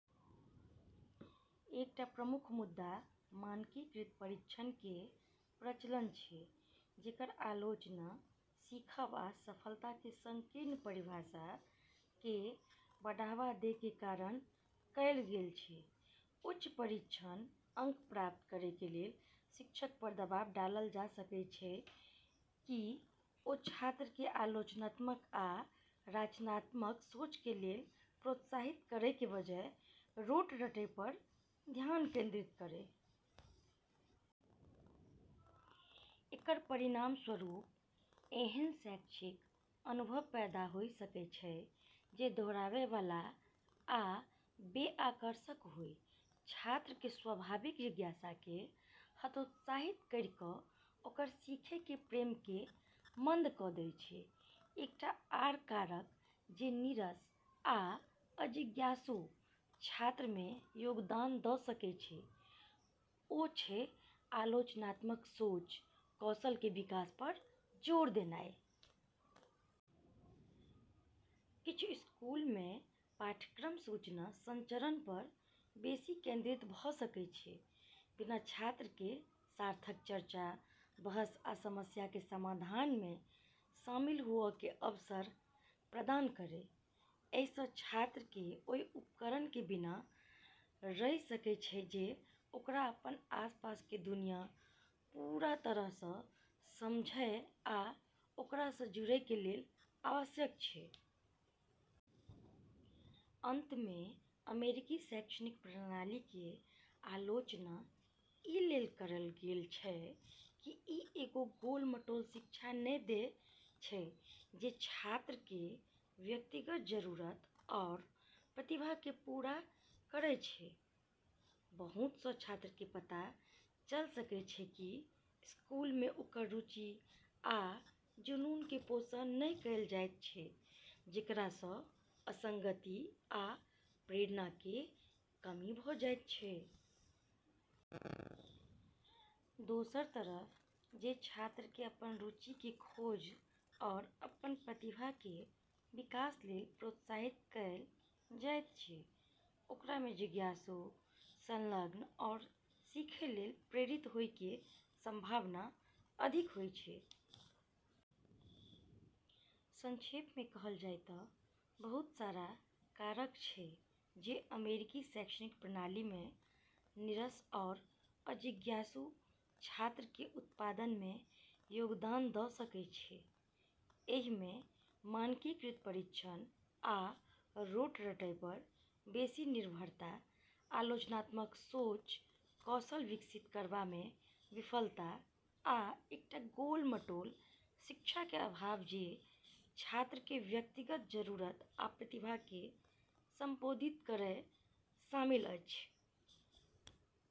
एकटा प्रमुख मुद्दा मानकीकृत परीक्षण के प्रचलन छै, जेकर आलोचना सीखब आ सफलता के संकीर्ण परिभाषा के बढ़ावा दै के कारण कयल गेल छै। उच्च परीक्षण अंक प्राप्त करय के लेल शिक्षक पर दबाव डालल जा सकै छै कि ओ छात्र के आलोचनात्मक आ रचनात्मक सोच के लेल प्रोत्साहित करय के बजाय रोट रटय पर ध्यान केंद्रित करय। एकर परिणामस्वरूप एहन शैक्षिक अनुभव पैदा होय सकै छै जे दोहराबै वाला आ बे-आकर्षक होय, छात्र के स्वाभाविक जिज्ञासा के हतोत्साहित करी कऽ ओकर सीखै के प्रेम के मंद क' दै छै। एकटा आर कारक जे "नीरस आ अजिज्ञासु" छात्र मे योगदान दऽ सकै छै, ओ छै आलोचनात्मक सोच कौशल के विकास पर जोर नै देनाय। किछू स्कूल मे पाठ्यक्रम सूचना संचरण पर बेसि केंद्रित भऽ सकै छै, बिना छात्र के सार्थक चर्चा, बहस आ समस्या के समाधान मे शामिल हुअ के अवसर प्रदान करय। एहि सँ छात्र के ओय उपकरण के बिना रहि सकै छै जे ओकरा अपन आसपास के दुनिया के पूरा तरह सँ समझय आ ओकरा सं जुड़य के लेल आवश्यक छै। अंत मे, अमेरिकी शैक्षणिक प्रणाली के आलोचना ई लेली करल गेल छै कि ई एगो गोल-मटोल शिक्षा नै दै छै जे छात्र के व्यक्तिगत जरूरत आरू प्रतिभा के पूरा करै छै। बहुत सं छात्र के पता चल सकै छै कि स्कूल मे ओकर रुचि आ जुनून के पोषण नहि कएल जाइत छै, जेकरा सं असंगति आ प्रेरणा के कमी भऽ जाइत छै। दोसर तरफ, जे छात्र के अपन रुचि के खोज आरू अपन प्रतिभा के विकास लेल प्रोत्साहित कएल जाइत छै, ओकरा मे जिज्ञासु, संलग्न आरू सीखै लेल प्रेरित होय के संभावना अधिक होय छै। संक्षेप मे कहल जाय तऽ बहुत सारा कारक छै जे अमेरिकी शैक्षणिक प्रणाली मे "नीरस आरू अजिज्ञासु" छात्र के उत्पादन मे योगदान दऽ सकै छै। एहि मे मानकीकृत परीक्षण आ रोट रटय पर बेसि निर्भरता, आलोचनात्मक सोच कौशल विकसित करबा मे विफलता, आ एकटा गोल-मटोल शिक्षा के अभाव जे छात्र के व्यक्तिगत जरूरत आ प्रतिभा के संबोधित करय, शामिल अछि।